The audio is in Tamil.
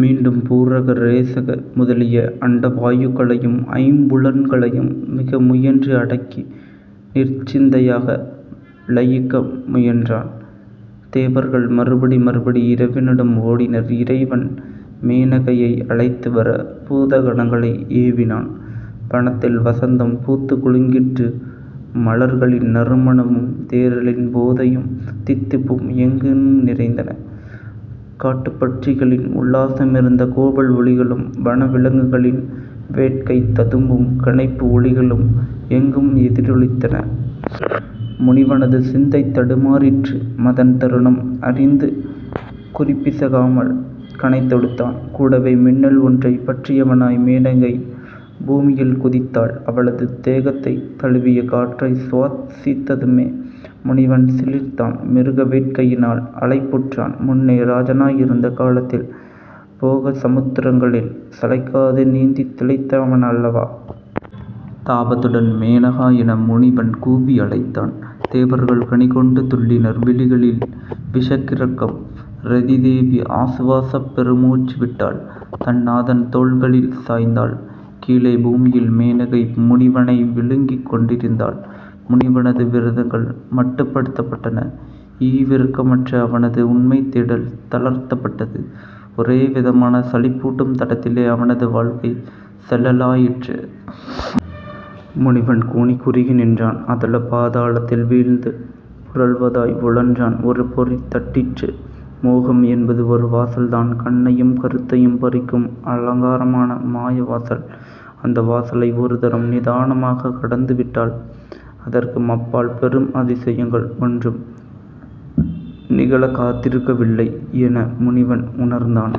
மீண்டு பூரக ரேசக முதலிய அட்டவாயுக்களையும், ஐம்புலன்களையும் மிகமுயன்று அடக்கி நிர்ச்சிந்தையாக லயிக்க முயன்றான். தேவர்கள் மறுபடி மறுபடி இறைவனிடம் ஓடினர். இறைவன் மேனகையை அழைத்துவர பூதகணங்களை ஏவினான். வனத்தில் வசந்தம் பூத்துக் குலுங்கிற்று. மலர்களின் நறுமணமும், தேறலின் போதையும் தித்திப்பும் எங்கும் நிறைந்தன. காட்டுப்பட்சிகளின் உல்லாசமிருந்த கூவல் ஒலிகளும், வனவிலங்குகளின் வேட்கை ததும்பும் கனைப்பு ஒலிகளும் எங்கும் எதிரொலித்தன. முனிவனது சிந்தை தடுமாறிற்று. மதன் தருணம் அறிந்து குறிபிசகாமல் கணை தொடுத்தான். கூடவே, மின்னல் ஒன்றைப் பற்றியவனாய் மேனகை பூமியில் குதித்தாள். அவளது தேகத்தை தழுவிய காற்றைச் சுவாசித்ததுமே, முனிவன் சிலிர்த்தான். மிருக வேட்கையினால் அலைப்புற்றான். முன்னே, ராஜனாயிருந்த காலத்தில் போகசமுத்திரங்களில் சளைக்காது நீந்தித் திளைத்தவனல்லவா? தாபத்துடன் 'மேனகா' என முனிவன் கூவி அழைத்தான். தேவர்கள் கனிகொண்டு துள்ளினர். விழிகளில் விஷக்கிறக்கம். ரதிதேவி ஆசுவாசப் பெருமூச்சு விட்டாள். தன் நாதன் தோள்களில் சாய்ந்தாள். கீழே பூமியில்; மேனகை முனிவனை விழுங்கிக் கொண்டிருந்தாள். முனிவனது விரதங்கள் மட்டுப்படுத்தப்பட்டன. ஈவிரக்கமற்ற அவனது உண்மைதேடல் தளர்த்தப்பட்டது. ஒரேவிதமான சலிப்பூட்டும் தடத்திலே அவனது வாழ்க்கை செல்லலாயிற்று. முனிவன் கூனிக் குறுகி நின்றான். அதலபாதாளத்தில் வீழ்ந்து புரள்வதாய் உழன்றான். ஒரு பொறி தட்டிற்று. மோகம் என்பது ஒருவாசல் தான். கண்ணையும் கருத்தையும் பறிக்கும் அலங்காரமான மாயாவாசல். அந்த வாசலை ஒருதரம் நிதானமாக கடந்துவிட்டால் அதற்குமப்பால் பெரும் அதிசயங்கள் ஒன்றும் நிகழக்காத்திருக்கவில்லை, என முனிவன் உணர்ந்தான்.